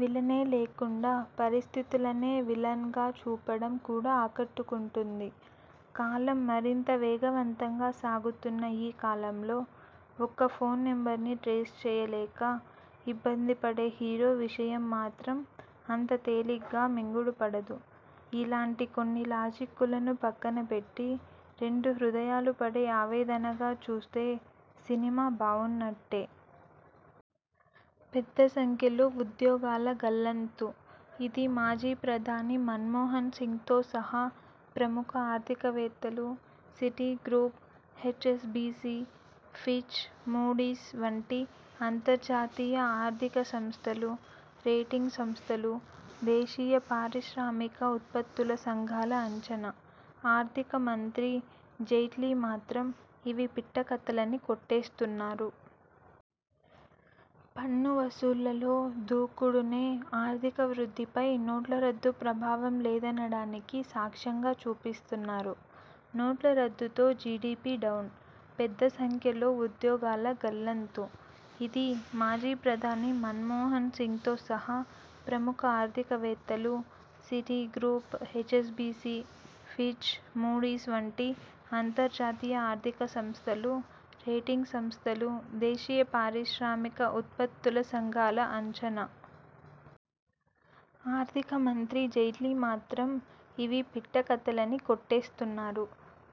Villainy లేకుండా పరిస్థితులనే విలనీగా చూపడం కూడా ఆకట్టకుంటుంది. కాలం మరింత వేగవంతంగా సాగుతున్న ఈ కాలంలో ఒక్క ఫోన్ నెంబర్ని ట్రేస్ చేయలేక ఇబ్బందిపడే హీరో విషయం మాత్రం అంత తేలిగ్గా మింగుడుపడదు. ఇలాంటి కొన్ని లాజిక్కులను పక్కనపెట్టి, రెండు హృదయాలు పడే ఆవేదనగా చూస్తే సినిమా బావున్నట్టే. పెద్ద సంఖ్యలో ఉద్యోగాల గల్లంతు. ఇది మాజీ ప్రధాని మన్మోహన్సింగ్తో సహా ప్రముఖ ఆర్థికవేత్తలు, సిటిగ్రూప్, హెచ్ఎస్బిసి, ఫిచ్, మూడీస్ వంటి అంతర్జాతీయ ఆర్థిక సంస్థలు, రేటింగ్ సంస్థలు, దేశీయ పారిశ్రామిక ఉత్పత్తుల సంఘాల అంచనా. ఆర్థిక మంత్రి జైట్లీ మాత్రం ఇవి పిట్ట కథలని కొట్టేస్తున్నారు. పన్ను వసూళ్లలో దూకుడునే ఆర్థిక వృద్ధిపై నోట్ల రద్దు ప్రభావం లేదనడానికి సాక్ష్యంగా చూపిస్తున్నారు. నోట్ల రద్దుతో జిడిపి డౌన్. పెద్ద సంఖ్యలో ఉద్యోగాల గల్లంతు. ఇది మాజీ ప్రధాని మన్మోహన్సింగ్తో సహా ప్రముఖ ఆర్థికవేత్తలు, సిటిగ్రూప్, హెచ్ఎస్బిసి, ఫిచ్, మూడీస్ వంటి అంతర్జాతీయ ఆర్థిక సంస్థలు, రేటింగ్ సంస్థలు, దేశీయ పారిశ్రామిక ఉత్పత్తుల సంఘాల అంచనా. ఆర్థిక మంత్రి జైట్లీ మాత్రం ఇవి పిట్ట కథలని కొట్టేస్తున్నారు.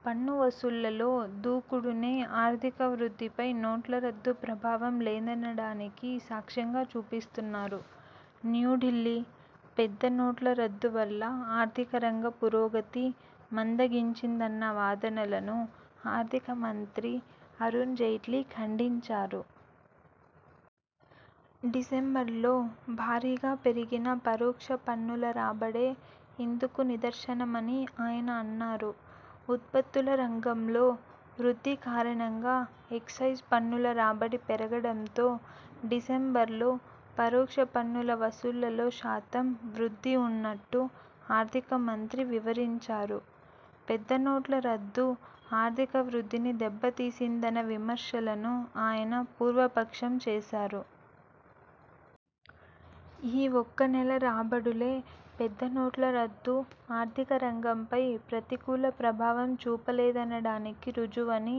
పన్ను వసూళ్లలో దూకుడునే ఆర్థిక వృద్ధిపై నోట్ల రద్దు ప్రభావం లేదనడానికి సాక్ష్యంగా చూపిస్తున్నారు. న్యూఢిల్లీ: పెద్ద నోట్ల రద్దు వల్ల ఆర్థికరంగ పురోగతి మందగించిందన్న వాదనలను ఆర్థిక మంత్రి అరుణ్ జైట్లీ ఖండించారు. డిసెంబర్లో భారీగా పెరిగిన పరోక్ష పన్నుల రాబడే ఇందుకు నిదర్శనమని ఆయన అన్నారు. ఉత్పత్తుల రంగంలో వృద్ధి కారణంగా ఎక్సైజ్ పన్నుల రాబడి పెరగడంతో డిసెంబర్లో పరోక్ష పన్నుల వసూళ్లలో శాతం వృద్ధి ఉన్నట్టు ఆర్థిక మంత్రి వివరించారు. పెద్ద నోట్ల రద్దు ఆర్థిక వృద్ధిని దెబ్బతీసిందన్న విమర్శలను ఆయన పూర్వపక్షం చేశారు. ఈ ఒక్క నెల రాబడులే, పెద్ద నోట్ల రద్దు ఆర్థిక రంగంపై ప్రతికూల ప్రభావం చూపలేదనడానికి రుజువని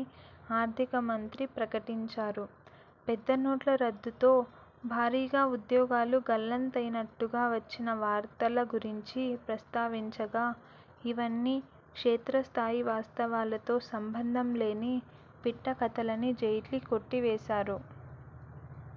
ఆర్థిక మంత్రి ప్రకటించారు. పెద్ద నోట్ల రద్దుతో భారీగా ఉద్యోగాలు గల్లంతైనట్టుగా వచ్చిన వార్తల గురించి ప్రస్తావించగా, ఇవన్నీ క్షేత్రస్థాయి వాస్తవాలతో సంబంధంలేని పిట్ట కథలని జైట్లీ కొట్టివేశారు.